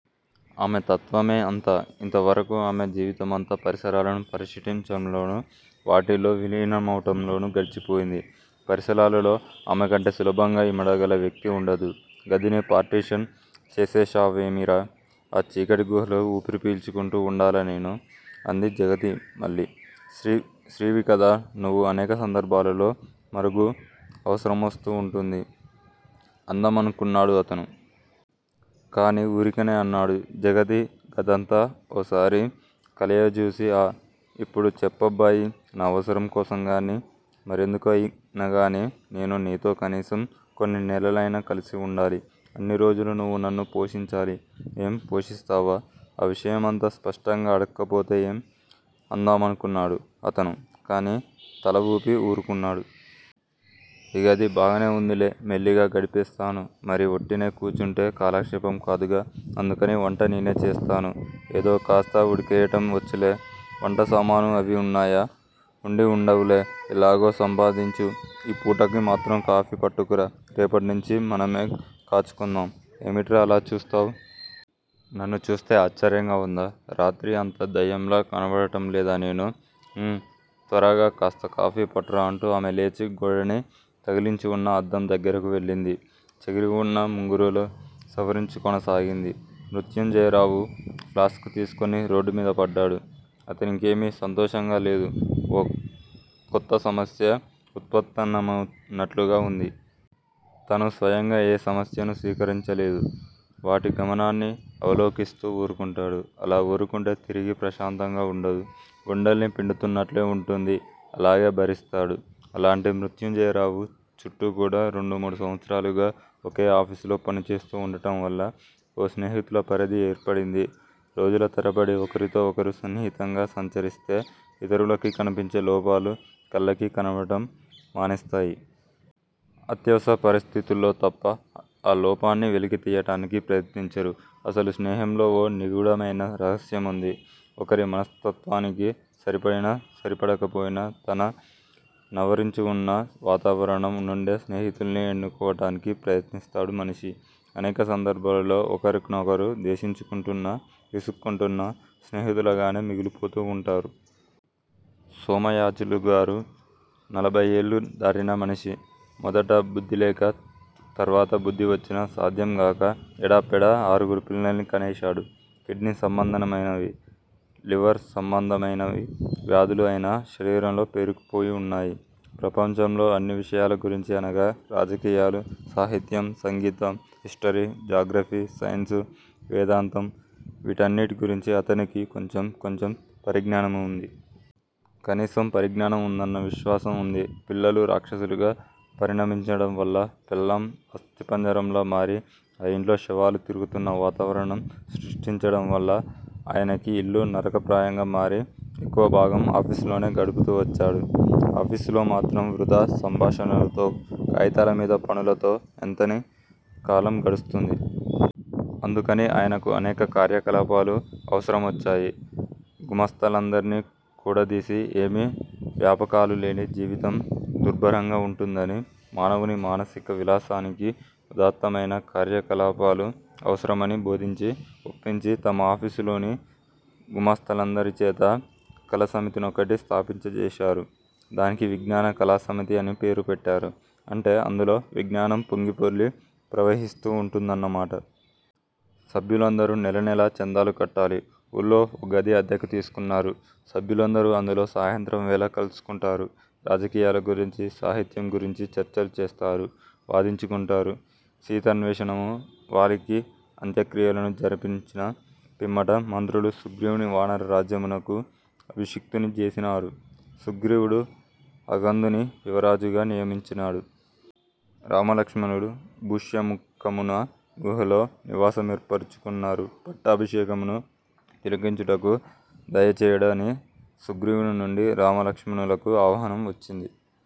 ఆమె తత్త్వమే అంత. ఇంతవరకూ ఆమె జీవితమంతా పరిసరాలని పరిశీలించటంలోనూ, వాటిల్లో విలీనమవటంలోనూ గడిచిపోయింది. పరిసరాలలో ఆమెకంటే సులభంగా యిమడగల వ్యక్తి వుండదు. గదిని పార్టిషన్ చేసేశావేమిరా? ఆ చీకటిగుహలో ఊపిరి పీల్చుకుంటూ వుండాలా నేను? అంది జగతి మళ్ళీ. స్త్రీవికదా నువ్వు. అనేక సందర్భాలలో మరుగు అవసరమొస్తూ వుంటుంది అందామనుకున్నాడు అతను. కాని ఊరికినే అన్నాడు. జగతి గదంతా ఓసారి కలయజూసి ఆఁ, ఇప్పుడు చెప్పబ్బాయి, నా అవసరం కోసంగానీ, మరెందుకైనాగానీ నేను నీతో కనీసం కొన్నినెలలైనా కలిసివుండాలి. అన్నిరోజులూ నువ్వు నన్ను పోషించాలి. ఏం, పోషిస్తావా? ఆ విషయమంత స్పష్టంగా అడక్కపోతే ఏం? అందామనుకున్నాడు అతను. కాని తలవూపి ఊరుకున్నాడు. ఈగది బాగానేవుందిలే. మెల్లిగా గడిపేస్తాను. మరి ఒట్టినే కూచుంటే కాలక్షేపం కాదుగా, అందుకని వంట నేనే చేస్తాను. యేదో కాస్త ఉడకేయటం వచ్చులే. వంటసామానూ అవీ వున్నాయా! వుండి వుండవులే! ఎలాగో సంపాదించు. ఈ పూటకిమాత్రం కాఫీ పట్టుకురా. రేపట్నుంచీ మనమే కాచుకుందాం. ఏమిట్రా అలా చూస్తావ్! నన్ను చూస్తే ఆశ్చర్యంగా వుందా? రాత్రి అంత దెయ్యంలా కనబడటంలేదా నేను? ఊఁ, త్వరగా కాస్త కాఫీ పట్రా అంటూ ఆమె లేచి గోడని తగిలించివున్న అద్దం దగ్గరకు వెళ్ళింది. చెరిగివున్న ముంగురులు సవరించుకోసాగింది. మృత్యంజయరావు ఫ్లాస్కు తీసుకుని రోడ్డుమీదపడ్డాడు. అతనికేమీ సంతోషంగాలేదు. ఓ కొత్త సమస్య ఉత్పన్నమయినట్లుగా వుంది. తను స్వయంగా ఏ సమస్యనూ స్వీకరించలేడు. వాటి గమనాన్ని అవలోకిస్తూ ఊరుకుంటాడు. అలా ఊరుకుంటే తిరిగి ప్రశాంతంగా వుండదు. గుండెల్ని పిండుతున్నట్లే వుంటుంది. అలాగే భరిస్తాడు. అలాంటి మృత్యుంజయరావు చుట్టూకూడా రెండుమూడు సంవత్సరాలుగా ఒకే ఆఫీసులో పనిచేస్తూ వుండటంవల్ల ఓ స్నేహితుల పరిధి ఏర్పడింది. రోజులతరబడి ఒకరితో ఒకరు సన్నిహితంగా సంచరిస్తే యితరులకి కనిపించే లోపాలు కళ్ళకి కనబడటం మానేస్తాయి. అత్యవసర పరిస్థితుల్లో తప్ప ఆ లోపాన్ని వెలికి తియ్యటానికి ప్రయత్నించరు. అసలు స్నేహంలో ఓ నిగూఢమైన రహస్యముంది. ఒకరి మనస్తత్వానికి సరిపడినా సరిపడకపోయినా తన నావరించివున్న వాతావరణం నుండే స్నేహితుల్ని ఎన్నుకోవటానికి ప్రయత్నిస్తాడు మనిషి. అనేక సందర్భాలలో ఒకరినొకరు ద్వేషించుకుంటున్నా, విసుక్కుంటున్నా స్నేహితులగానే మిగిలిపోతూ వుంటారు. సోమయాజులుగారు నలభయ్యేళ్ళు దాటిన మనిషి. మొదట బుద్ధిలేకా, తర్వాత బుద్ధివచ్చినా సాధ్యంగాకా ఎడాపెడా ఆరుగురు పిల్లల్ని కనేశాడు. కిడ్నీ సంబంధమైనవీ, లివర్ సంబంధమైనవీ వ్యాధులు ఆయన శరీరంలో పేరుకుపోయి వున్నాయి. ప్రపంచంలో అన్ని విషయాల గురించీ అనగా రాజకీయాలూ, సాహిత్యం, సంగీతం, హిస్టరీ, జాగ్రఫీ, సైన్సు, వేదాంతం వీటన్నిటిగురించీ అతనికి కొంచెం కొంచెం పరిజ్ఞానంవుంది. కనీసం పరిజ్ఞానం వుందన్న విశ్వాసం వుంది. పిల్లలు రాక్షసులుగా పరిణమించడం వల్లా, పెళ్ళాం అస్థిపంజరంలా మారి ఆ యింట్లో శవాలు తిరుగుతున్న వాతావరణం సృష్టించటంవల్లా ఆయనకి యిల్లు నరకప్రాయంగా మారి ఎక్కువ భాగం ఆఫీసులోనే గడుపుతూ వచ్చాడు. ఆఫీసులోమాత్రం వృధా సంభాషణలతో, కాయితాలమీద పనులతో ఎంతని కాలం గడుస్తుంది? అందుకని ఆయనకు అనేక కార్యకలాపాలు అవసరమొచ్చాయి. గుమాస్తాలందర్నీ కూడదీసి ఏమీ వ్యాపకాలులేని జీవితం దుర్భరంగా వుంటుందనీ, మానవుని మానసిక విలాసానికి ఉదాత్తమైన కార్యకలాపాలు అవసరమనీ బోధించి, ఒప్పించి తమ ఆఫీసులోని గుమాస్తాలందరిచేతా కళాసమితినొకటి స్థాపింపజేశారు. దానికి విజ్ఞాన కళాసమితి అని పేరుపెట్టారు. అంటే అందులో విజ్ఞానం పొంగిపొర్లి ప్రవహిస్తూ వుంటుందన్నమాట. సభ్యులందరూ నెలనెలా చందాలు కట్టాలి. ఊళ్ళో ఓ గది అద్దెకి తీసుకున్నారు. సభ్యులందరూ అందులో సాయంత్రంవేళ కలుసుకుంటారు. రాజకీయాలగురించీ, సాహిత్యంగురించీ చర్చలు చేస్తారు, వాదించుకుంటారు. సీతాన్వేషణము వాలికి అంత్యక్రియలను జరిపించిన పిమ్మట మంత్రులు సుగ్రీవుని వానర రాజ్యమునకు అభిషిక్తుని జేసినారు. సుగ్రీవుడు అంగదుని యువరాజుగా నియమించినాడు. రామలక్ష్మణులు ఋష్యమూకమున గుహలో నివాసమేర్పరుచుకొన్నారు. 'పట్టాభిషేకమును తిలకించుటకు దయచేయుడ'ని సుగ్రీవుని నుండి రామ లక్ష్మణులకు ఆహ్వానము వచ్చినది.